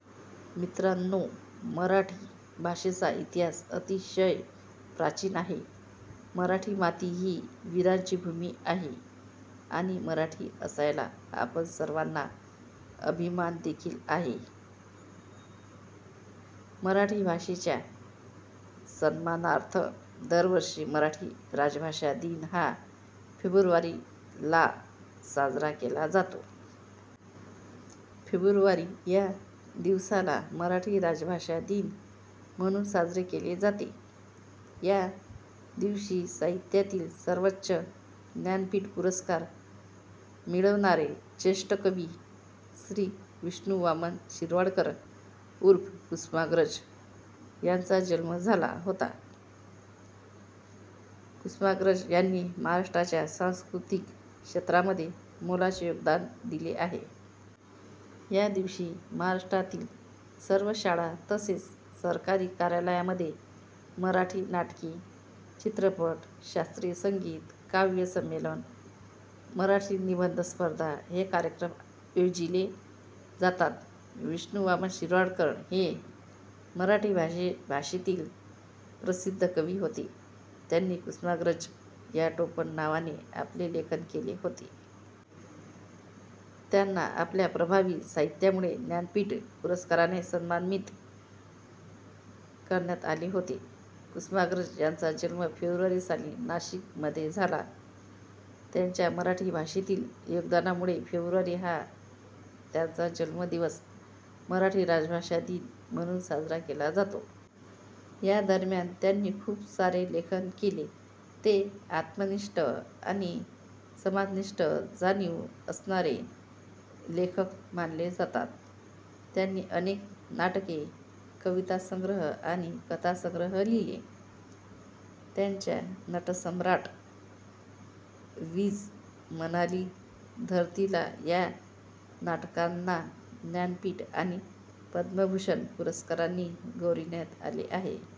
: मित्रांनो मराठी भाषेचा इतिहास अतिशय प्राचीन आहे. मराठीमाती ही वीरांची भूमी आहे आणि मराठी असण्याचा आपण सर्वांना अभिमान देखील आहे. मराठी भाषेच्या सन्मानार्थ दरवर्षी मराठी राजभाषा दिन हा फेब्रुवारी ला साजरा केला जातो. फेब्रुवारी या दिवसाला मराठी राजभाषा दिन म्हणून साजरे केले जाते. या दिवशी साहित्यातील सर्वोच्च ज्ञानपीठ पुरस्कार मिळवणारे ज्येष्ठ कवी श्री विष्णु वामन शिरवाडकर ऊर्फ कुसुमाग्रज यांचा जन्म झाला होता. कुसुमाग्रज यांनी महाराष्ट्राच्या सांस्कृतिक क्षेत्रामध्ये मोलाचे योगदान दिले आहे. या दिवशी महाराष्ट्रातील सर्व शाळा तसेच सरकारी कार्यालयांमध्ये मराठी नाटके, चित्रपट, शास्त्रीय संगीत, काव्य संमेलन, मराठी निबंध स्पर्धा हे कार्यक्रम योजिले जातात. विष्णु वामन शिरवाडकर हे मराठी भाषेतील प्रसिद्ध कवी होते. त्यांनी कुसुमाग्रज या टोपण नावाने आपले लेखन केले होते. त्यांना आपल्या प्रभावी साहित्यामुळे ज्ञानपीठ पुरस्काराने सन्मानित करण्यात आले होते. कुसुमाग्रज यांचा जन्म फेब्रुवारी साली नाशिक मध्ये झाला. त्यांच्या मराठी भाषेतील योगदानामुळे फेब्रुवारी हा त्यांचा जन्म दिवस "मराठी राजभाषा दिन" म्हणून साजरा केला जातो. या दरम्यान त्यांनी खूप सारे लेखन केले. ते आत्मनिष्ठ आणि समाजनिष्ठ जाणीव असणारे लेखक मानले जातात. त्यांनी अनेक नाटके, कवितासंग्रह आणि कथासंग्रह लिहिले. त्यांच्या 'नटसम्राट', 'वीज म्हणाली धरतीला' या नाटकांना ज्ञानपीठ आणि पद्मभूषण पुरस्कारांनी गौरविण्यात आले आहे.